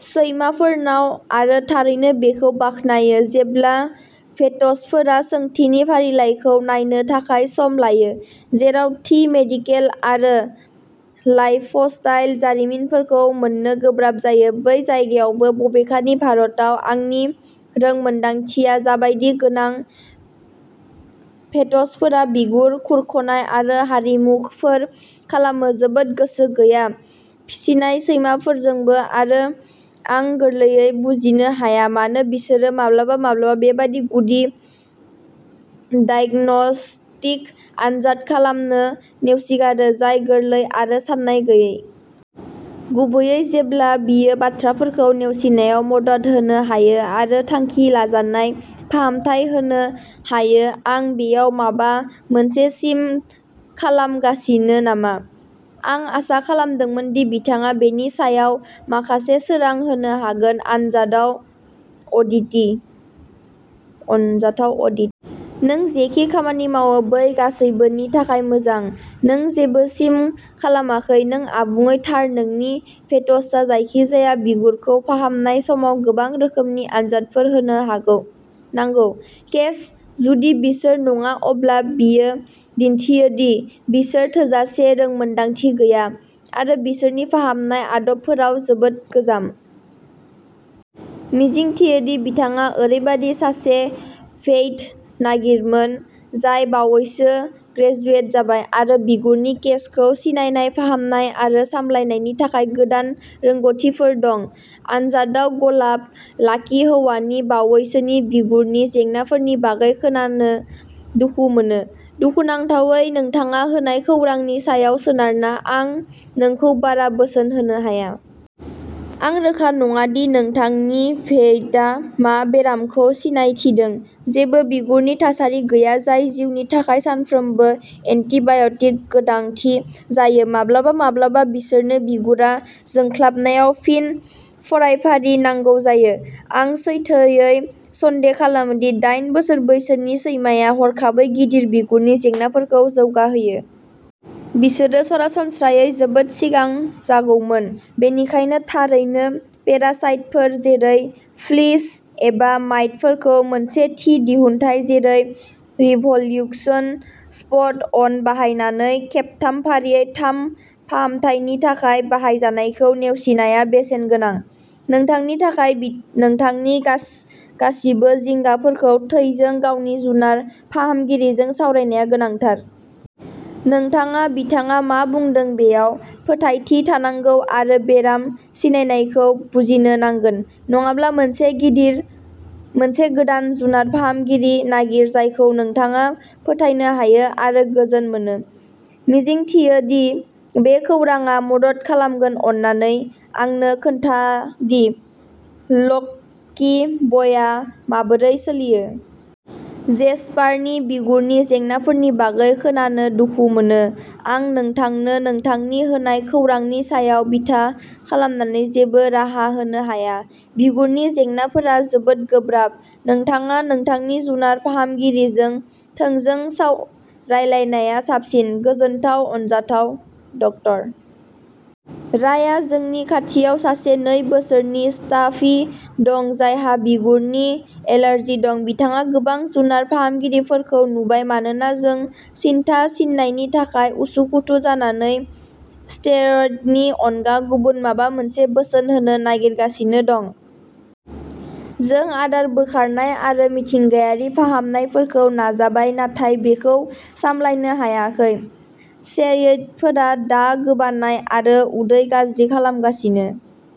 सैमाफोरनाव आरो थारैनो बेखौ बाखनायो जेब्ला भेट्सफोरा सोंथिनि फारिलाइखौ नायनो थाखाय सम लायो। जेराव थि मेडिकेल आरो लाइफस्टाइल जारिमिनफोरखौ मोननो गोब्राब जायो बै जायगायावबो। बबेखानि, भारताव आंनि रोंमोनदांथिया जाबायदि गोबां भेट्सफोरा बिगुर खुरख'नाय आरो हारिमुफोर खालामनो जोबोद गोसो गैया फिसिनाय सैमाफोरजोंबो आरो आं गोरलैयै बुजिनो हाया मानो बिसोरो माब्लाबा माब्लाबा बेबादि गुदि डायग्नोस्टिक आनजाद खालामनो नेवसिगारो जाय गोरलै आरो सानाय गैयै। गुबैयै जेब्ला बेयो बाथ्राफोरखौ नेवसिनायाव मदद होनो हायो आरो थांखि लाजानाय फाहामथाय होनो हायो। आं बेयाव माबा मोनसे सिम खालामगासिनो नामा? आं आसा खालामदोंमोनदि नोंथाङा बेनि सायाव माखासे सोरां होनो हागोन। आनजादाव अदिति अनजाथाव अदि। नों जेखि खामानि मावो बै गासैबोनि थाखाय मोजां। नों जेबो मिस खालामाखै। नों आबुङै थार नोंनि भेट्सआ जायखिजाया बिगुरखौ फाहामनाय समाव गोबां रोखोमनि आनजादफोर होनो हागौ नांगौ। केस। जुदि बिसोर नङा अब्ला बेयो दिन्थियोदि बिसोर थोजासे रोंमोनदांथि गैया आरो बिसोरनि फाहामनाय आदबफोराव जोबोद गोजाम। मिजिंथियोदि नोंथाङा ओरैबायदि सासे भेइट नागिरगोन जाय बावैसो ग्रेजुवेट जाबाय आरो बिगुरनि केसखौ सिनायनाय फाहामनाय आरो सामलायनायनि थाखाय गोदान रोंग'थिफोर दं। अनजाथाव गलाब। लाकि हौवानि बावैसोनि बिगुरनि जेंनाफोरनि बागै खोनानो दुखु मोनो। दुखुनांथावै नोंथाङा होनाय खौरांनि सायाव सोनारना आं नोंखौ बारा बोसोन होनो हाया। आं रोखा नङादि नोंथांनि भेइटआ मा बेरामखौ सिनायथिदों। जेबो बिगुरनि थासारि गैया जाय जिउनि थाखाय सानफ्रोमबो एन्टिबाय'टिकनि गोनांथि जायो। माब्लाबा माब्लाबा बिसोरनो बिगुरा जोंख्लाबनायाव फिन फरायफारि नांगौ जायो। आं सैथोयै सन्देह खालामोदि दाइन बोसोर बैसोनि सैमाया हरखाबै गिदिर बिगुरनि जेंनाफोरखौ जौगाहोयो। बिसोरो सरासनस्रायै जोबोद सिगां जागौमोन। बेनिखायनो थारैनो पेरासाइटफोर जेरै फ्लिस एबा माइटफोरखौ मोनसे थि दिहुनथाय जेरै रिभ'ल्युसन स्पट अन बाहायनानै खेबथाम फारियै थाम फाहामथायनि थाखाय बाहायजानायखौ नेवसिनाया बेसेनगोनां। नोंथांनि थाखाय बि नोंथांनि गासै गासिबो जिंगाफोरखौ थोंजों गावनि जुनार फाहामगिरिजों सावरायनाया गोनांथार। नोंथाङा बिथाङा मा बुंदों बेयाव फोथायथि थानांगौ आरो बेराम सिनायनायखौ बुजिनो नांगोन। नङाब्ला मोनसे गिदिर मोनसे गोदान जुनार फाहामगिरि नागिर जायखौ नोंथाङा फोथायनो हायो आरो गोजोन मोनो। मिजिंथियोदि बे खौरांआ मदद खालामगोन। अन्नानै आंनो खोन्थादि लक्की बयआ माबोरै सोलियो। जेसपारनि बिगुरनि जेंनाफोरनि बागै खोनानो दुखु मोनो। आं नोंथांनो नोंथांनि होनाय खौरांनि सायाव बिथा खालामनानै जेबो राहा होनो हाया। बिगुरनि जेंनाफोरा जोबोद गोब्राब। नोंथाङा नोंथांनि जुनार फाहामगिरिजों थोंजों साव रायलायनाया साबसिन। गोजोनथाव। अनजाथाव ड. राय्या जोंनि खाथियाव सासे नै बोसोरनि स्टाफि दं जायहा बिगुरनि एलार्जि दं। बिथाङा गोबां जुनार फाहामगिरिफोरखौ नुबाय मानोना जों सिनथा सिननायनि थाखाय उसुखुथु जानानै स्टेरइडनि अनगा गुबुन माबा मोनसे बोसोन होनो नागिरगासिनो दं। जों आदार बोखारनाय आरो मिथिंगायारि फाहामनायफोरखौ नाजाबाय नाथाय बेखौ सामलायनो हायाखै। सेरइदफोरा दा गोबानाय आरो उदै गाज्रि खालामगासिनो।